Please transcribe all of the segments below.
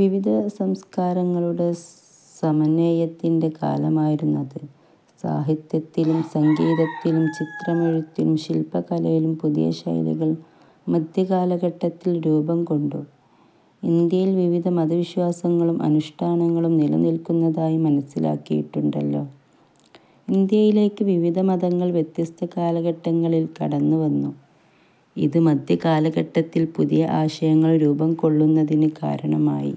വിവിധ സംസ്കാരങ്ങളുടെ സമന്വയത്തിന്റെ കാലമായിരുന്നു അത്. സാഹിത്യത്തിലും സംഗീതത്തിലും ചിത്രമെഴുത്തിലും ശില്പകലയിലും പുതിയ ശൈലികൾ മധ്യകാലഘട്ടത്തിൽ രൂപം കൊണ്ടു. ഇന്ത്യയിൽ വിവിധ മതവിശ്വാസങ്ങളും അനുഷ്ഠാനങ്ങളും നിലനിൽക്കുന്നതായി മനസ്സിലാക്കിയിട്ടുണ്ടല്ലോ. ഇന്ത്യയിലേക്ക് വിവിധ മതങ്ങൾ വ്യത്യസ്ത കാലഘട്ടങ്ങളിൽ കടന്നുവന്നു. ഇത് മധ്യകാലഘട്ടത്തിൽ പുതിയ ആശയങ്ങൾ രൂപം കൊള്ളുന്നതിനു കാരണമായി.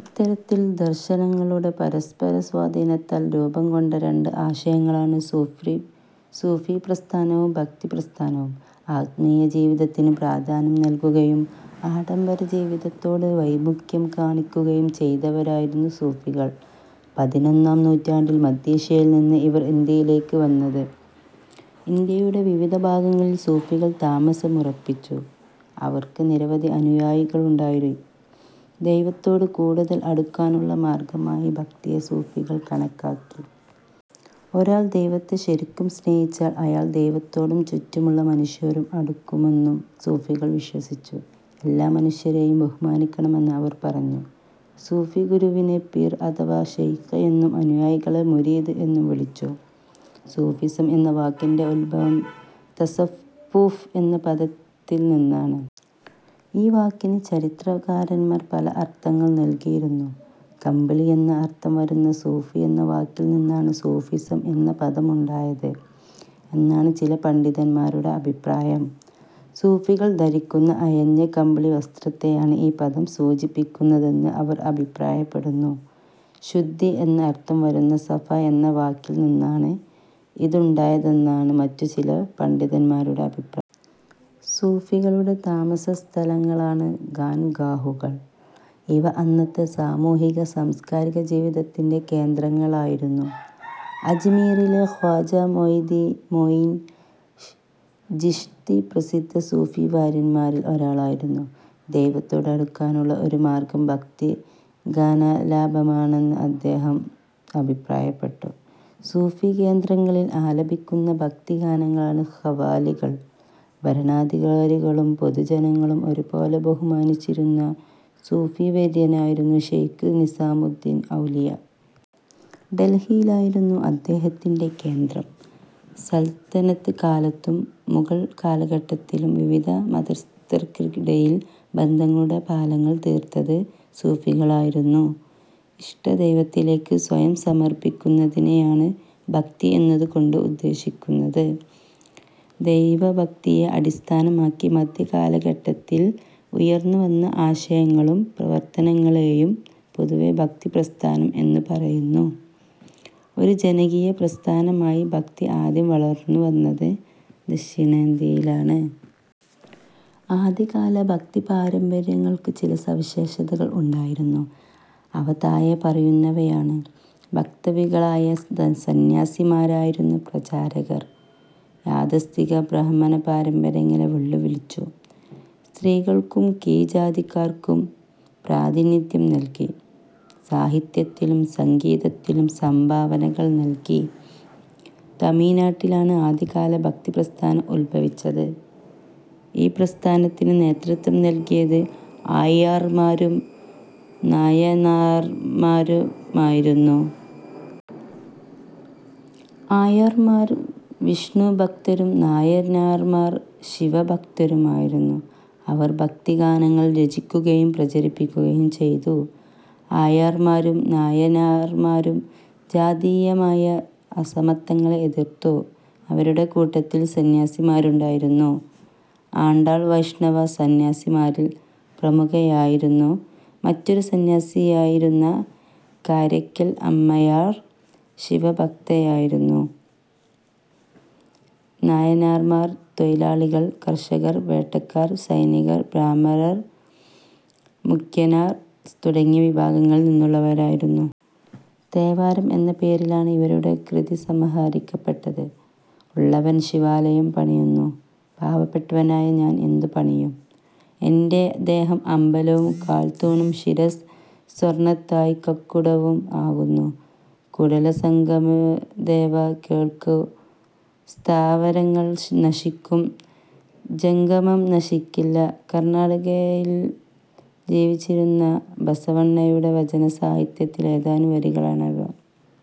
ഇത്തരത്തിൽ ദർശനങ്ങളുടെ പരസ്പരസ്വാധീനത്താൽ രൂപംകൊണ്ട രണ്ട് ആശയങ്ങളാണ് സൂഫിപ്രസ്ഥാനവും ഭക്തിപ്രസ്ഥാനവും. ആത്മീയ ജീവിതത്തിനു പ്രാധാന്യം നൽകുകയും ആഡംബരജീവിതത്തോട് വൈമുഖ്യം കാണിക്കുകയും ചെയ്തവരായിരുന്നു സൂഫികൾ. പതിനൊന്നാം നൂറ്റാണ്ടിൽ മധ്യേഷ്യയിൽ നിന്നാണ് ഇവർ ഇന്ത്യയിലേക്കു വന്നത്. ഇന്ത്യയുടെ വിവിധ ഭാഗങ്ങളിൽ സൂഫികൾ താമസമുറപ്പിച്ചു. അവർക്ക് നിരവധി അനുയായികളുണ്ടായി. ദൈവത്തോടു കൂടുതൽ അടുക്കാനുള്ള മാർഗമായി ഭക്തിയെ സൂഫികൾ കണക്കാക്കി. ഒരാൾ ദൈവത്തെ ശരിക്കും സ്നേഹിച്ചാൽ അയാൾ ദൈവത്തോടും ചുറ്റുമുള്ള മനുഷ്യരോടും അടുക്കുമെന്ന് സൂഫികൾ വിശ്വസിച്ചു. എല്ലാ മനുഷ്യരെയും ബഹുമാനിക്കണമെന്ന് അവർ പറഞ്ഞു. സൂഫിഗുരുവിനെ പീർ അഥവാ ശെയ്ഖ് എന്നും അനുയായികളെ മുരീദ് എന്നും വിളിച്ചു. സൂഫിസം എന്ന വാക്കിന്റെ ഉത്ഭവം തസപ്പൂഫ് എന്ന പദത്തിൽ നിന്നാണ്. ഈ വാക്കിന് ചരിത്രകാരന്മാർ പല അർഥങ്ങൾ നൽകിയിരിക്കുന്നു. കമ്പിളി എന്ന അർഥം വരുന്ന സൂഫ് എന്ന വാക്കിൽ നിന്നാണ് സൂഫിസം എന്ന പദമുണ്ടായത് എന്നാണ് ചില പണ്ഡിതന്മാരുടെ അഭിപ്രായം. സൂഫികൾ ധരിക്കുന്ന അയഞ്ഞ കമ്പിളിവസ്ത്രത്തെയാണ് ഈ പദം സൂചിപ്പിക്കുന്നതെന്ന് അവർ അഭിപ്രായപ്പെടുന്നു. ശുദ്ധി എന്നർഥം വരുന്ന സഫ എന്ന വാക്കിൽനിന്നാണ് ഇതുണ്ടായതെന്നാണ് മറ്റു ചില പണ്ഡിതന്മാരുടെ അഭിപ്രായം. സൂഫികളുടെ താമസസ്ഥലങ്ങളാണ് ഖാൻ ഗാഹുകൾ. ഇവ അന്നത്തെ സാമൂഹിക സാംസ്കാരിക ജീവിതത്തിന്റെ കേന്ദ്രങ്ങളായിരുന്നു. അജ്മീറിലെ ഖ്വാജാ മൊയീൻ ചിശ്തി പ്രസിദ്ധ സൂഫി വര്യന്മാരിൽ ഒരാളായിരുന്നു. ദൈവത്തോട് അടുക്കാനുള്ള ഒരു മാർഗം ഭക്തി ഗാനാലാപനമാണെന്ന് അദ്ദേഹം അഭിപ്രായപ്പെട്ടു. സൂഫീ കേന്ദ്രങ്ങളിൽ ആലപിക്കുന്ന ഭക്തിഗാനങ്ങളാണ് ഖവാലികൾ. ഭരണാധികാരികളും പൊതുജനങ്ങളും ഒരു പോലെ ബഹുമാനിച്ചിരുന്ന സൂഫീവര്യനായിരുന്നു ശെയ്ഖ് നിസാമുദ്ദീൻ ഔലിയ. ഡൽഹിയിലായിരുന്നു അദ്ദേഹത്തിന്റെ കേന്ദ്രം. സൽത്തനത്ത് കാലത്തും മുഗൾ കാലഘട്ടത്തിലും വിവിധ മതസ്ഥർക്കിടയിൽ ബന്ധങ്ങളുടെ പാലങ്ങൾ തീർത്തത് സൂഫികളായിരുന്നു. ഇഷ്ടദൈവത്തിലേക്ക് സ്വയം സമർപ്പിക്കുന്നതിനെയാണ് ഭക്തി എന്നതു കൊണ്ട് ഉദേശിക്കുന്നത്. ദൈവഭക്തിയെ അടിസ്ഥാനമാക്കി മധ്യകാലഘട്ടത്തിൽ ഉയർന്നുവന്ന ആശയങ്ങളെയും പ്രവർത്തനങ്ങളെയും പൊതുവെ ഭക്തി പ്രസ്ഥാനം എന്നു പറയുന്നു. ഒരു ജനകീയപ്രസ്ഥാനമായി ഭക്തി ആദ്യം വളർന്നു വന്നത് ദക്ഷിണേന്ത്യയിലാണ്. ആദ്യകാല ഭക്തിപാരമ്പര്യങ്ങൾക്ക് ചില സവിശേഷതകൾ ഉണ്ടായിരുന്നു. അവ താഴെ പറയുന്നവയാണ്. ഭക്തകവികളായ സന്ന്യാസിമാരായിരുന്നു പ്രചാരകർ. യാഥാസ്ഥിതിക ബ്രാഹ്മണ പാരമ്പര്യങ്ങളെ വെല്ലുവിളിച്ചു. സ്ത്രീകൾക്കും കീഴ്ജാതിക്കാർക്കും പ്രാതിനിധ്യം നൽകി. സാഹിത്യത്തിലും സംഗീതത്തിലും സംഭാവനകൾ നൽകി. തമിഴ്നാട്ടിലാണ് ആദ്യകാല ഭക്തിപ്രസ്ഥാനം ഉദ്ഭവിച്ചത്. ഈ പ്രസ്ഥാനത്തിനു നേതൃത്വം നൽകിയത് ആഴ്വാർമാരും നായനാർമാരുമായിരുന്നു. ആഴ്വാർമാർ വിഷ്ണുഭക്തരും നായനാർമാർ ശിവഭക്തരുമായിരുന്നു. അവർ ഭക്തിഗാനങ്ങൾ രചിക്കുകയും പ്രചരിപ്പിക്കുകയും ചെയ്തു. ആഴ്വാർമാരും നായനാർമാരും ജാതീയമായ അസമത്വങ്ങളെ എതിർത്തു. അവരുടെ കൂട്ടത്തിൽ സന്ന്യാസിനിമാരുമുണ്ടായിരുന്നു. ആണ്ടാൾ വൈഷ്ണവ, സന്ന്യാസിനിമാരിൽ പ്രമുഖയായിരുന്നു. മറ്റൊരു സന്ന്യാസിനിയായിരുന്ന കാരയ്ക്കൽ അമ്മയാർ ശിവഭക്തയായിരുന്നു. നായനാർമാർ തൊഴിലാളികൾ, കർഷകർ, വേട്ടക്കാർ, സൈനികർ, ബ്രാഹ്മണർ, മുഖ്യനാർ തുടങ്ങിയ വിഭാഗങ്ങളിൽ നിന്നുള്ളവരായിരുന്നു. തേവാരം എന്ന പേരിലാണ് ഇവരുടെ കൃതിസമാഹരിക്കപ്പെട്ടത്. ഉള്ളവൻ ശിവാലയം പണിയുന്നു. പാവപ്പെട്ടവനായ ഞാൻ എന്തു പണിയും? എന്റെ ദേഹം അമ്പലവും കാൽ തൂണും ശിരസ്സ് സ്വർണത്താഴികക്കുടവും ആകുന്നു. കുടലസംഗമദേവാ കേൾക്കു സ്ഥാവരങ്ങൾ നശിക്കും, ജംഗമം നശിക്കില്ല. കർണാടകയിൽ ജീവിച്ചിരുന്ന ബസവണ്ണയുടെ വചന സാഹിത്യ ത്തിലെ ഏതാനും വരികളാണിവ.